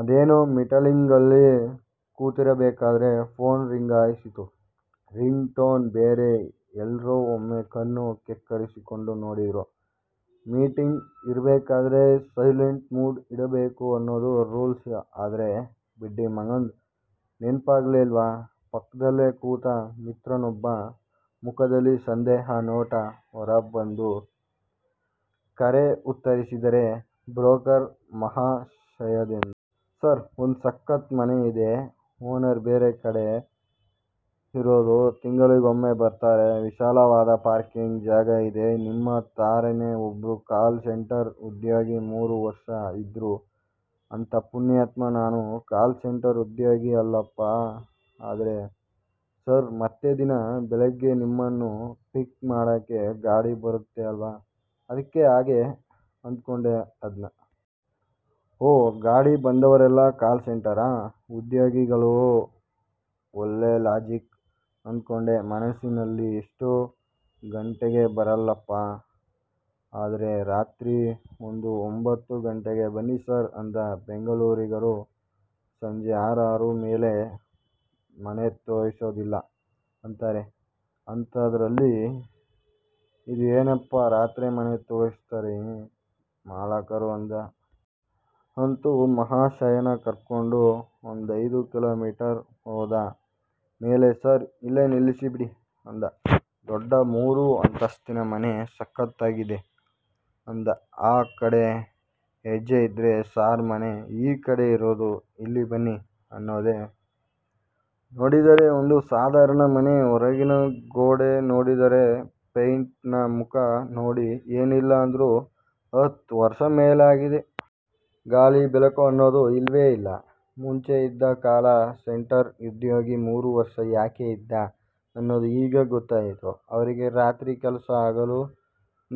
ಅದೇನೋ ಮೀಟಿಂಗಲ್ಲಿ ಕೂತಿರಬೇಕಾದ್ರೆ ಫೋನ್ ರಿಂಗಾಯಿಸಿತು. ರಿಂಗ್ ಟೋನ್ ಬೇರೆ. ಎಲ್ರೂ ಒಮ್ಮೆ ಕಣ್ಣು ಕೆಕ್ಕರಿಸ್ಕೊಂಡು ನೋಡಿದ್ರು. ಮೀಟಿಂಗ್ ಇರ್ಬೇಕಾದ್ರೆ ಸೈಲೆಂಟ್ ಮೋಡ್ ಇಡಬೇಕು ಅನ್ನೋದು ರೂಲ್ಸ್, ಆದ್ರೆ ಬಡ್ಡಿಮಗಂದು ನೆನಪಾಗಲ್ವೆ ಪಕ್ಕದಲ್ಲೇ ಕೂತ ಮಿತ್ರನೊಬ್ಬನ ಮುಖದಲ್ಲಿ ಸಂದೇಹದ ನೋಟ. ಹೊರಬಂದು ಕರೆ ಉತ್ತರಿಸಿದರೆ ಬ್ರೋಕರ್ ಮಹಾಶಯಂದು. ಸಾರ್ ಒಂದು ಸಕ್ಕತ್ ಮನೆ ಇದೆ. ಓನರ್ ಬೇರೆ ಕಡೆ ಇರೋದು, ತಿಂಗಳಿಗೊಮ್ಮೆ ಬರ್ತಾರೆ, ವಿಶಾಲವಾದ ಪಾರ್ಕಿಂಗ್ ಜಾಗ ಇದೆ, ನಿಮ್ ತರಾನೆ ಒಬ್ರು ಕಾಲ್ ಸೆಂಟರ್ ಉದ್ಯೋಗಿ ಮೂರು ವರ್ಷ ಇದ್ರು, ಅಂದ. ಪುಣ್ಯಾತ್ಮ ನಾನು ಕಾಲ್ ಸೆಂಟರ್ ಉದ್ಯೋಗಿ ಅಲ್ಲಪ್ಪ ಅಂದೆ. ಸರ್ ಮತ್ತೆ ದಿನ ಬೆಳಗ್ಗೆ ನಿಮ್ಮನ್ನ ಪಿಕ್ ಮಾಡಕ್ಕೆ ಗಾಡಿ ಬರತ್ತೆ ಅಲ್ವಾ ಅದ್ಕೆ ಹಾಗೆ ಅಂದ್ಕೊಂಡೆ ಅಂದ. ಓಹೋ ಗಾಡಿ ಬಂದವರೆಲ್ಲ ಕಾಲ್ ಸೆಂಟರ್ ಉದ್ಯೋಗಿಗಳು. ಒಳ್ಳೇ ಲಾಜಿಕ್ ಅಂದ್ಕೊಂಡೆ ಮನಸ್ಸಿನಲ್ಲಿ. ಎಷ್ಟು ಗಂಟೆಗೆ ಬರಲಪ್ಪ ಅಂದ್ರೆ ರಾತ್ರೆ ಒಂದು ಒಂಭತ್ತು ಗಂಟೆಗೆ ಬನ್ನಿ ಸಾರ್ ಅಂದ. ಬೆಂಗಳೂರಿಗರು ಸಂಜೆ ಆರರ ಮೇಲೆ ಮನೆ ತೋರಿಸೋದಿಲ್ಲ ಅಂತಾರೆ, ಅಂತದ್ರಲ್ಲಿ ಇದು ಏನಪ್ಪಾ ರಾತ್ರೆ ಮನೆ ತೋರಿಸ್ತಾರೆ ಮಾಲಕರು ಅಂದೆ. ಅಂತು ಮಹಾಶಯನ ಕರ್ಕೊಂಡು ಒಂದೈದು ಕಿಲೋಮೀಟರು ಹೋದ ಮೇಲೆ ಸಾರ್ ಇಲ್ಲೇ ನಿಲ್ಲಿಸಿ ಬಿಡಿ ಅಂದ. ದೊಡ್ಡ ಮೂರು ಅಂತಸ್ತಿನ ಮನೆ. ಸಕತ್ ಆಗಿ ಇದೆ ಅಂತ ಆ ಕಡೆ ಹೆಜ್ಜೆ ಇದ್ರೆ, ಸಾರ್ ಮನೆ ಈ ಕಡೆ ಇರೋದು ಇಲ್ಲಿ ಬನ್ನಿ ಅನ್ನೋದೆ? ನೋಡಿದರೆ ಒಂದು ಸಾದಾರಣ ಮನೆ, ಹೊರಗಿನ ಗೋಡೆ ನೋಡಿದರೆ ಪೇಯಿಂಟ್ ನ ಮುಖ ನೋಡಿ ಏನಿಲ್ಲಾ ಅಂದ್ರು ಹತ್ತು ವರ್ಷ ಮೇಲೆ ಆಗಿದೆ. ಗಾಳಿ ಬೆಳಕು ಅನ್ನೋದು ಇಲ್ವೇ ಇಲ್ಲ. ಮುಂಚೆ ಇದ್ದ ಕಾಲ್ ಸೆಂಟರ್ ಉದ್ಯೋಗಿ ಮೂರು ವರ್ಷ ಯಾಕೆ ಇದ್ದ ಅನ್ನೋದು ಈಗ ಗೊತ್ತಾಯಿತು. ಅವ್ರಿಗೆ ರಾತ್ರೆ ಕೆಲಸ ಹಗಲು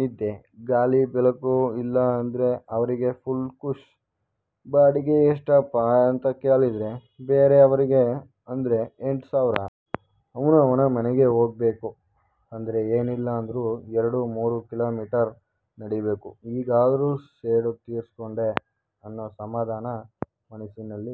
ನಿದ್ದೆ, ಗಾಳಿ ಬೆಳಕು ಇಲ್ಲ ಅಂದ್ರೆ ಅವ್ರಿಗೆ ಫುಲ್ ಕುಶ್ ಬಾಡಿಗೆ ಎಷ್ಟಪ್ಪ ಅಂತ ಕೇಳಿದ್ರೆ ಬೇರೆ ಅವ್ರಿಗೆ ಆದ್ರೆ ಎಂಟು ಸಾವಿರ. ಅವ್ನು ಅವನ ಮನೆಗೆ ಹೋಗ್ಬೇಕು ಅಂದ್ರೆ ಏನಿಲ್ಲ ಅಂದ್ರು ಎರಡು-ಮೂರು ಕಿಲೋಮೀಟರು ನಡೀಬೇಕು, ಹೀಗಾದ್ರೂ ಸೇಡು ತೀರಿಸ್ಕೊಂಡೆ ಅನ್ನೋ ಸಮಾದಾನ ಮನಸ್ಸಿನಲ್ಲಿ.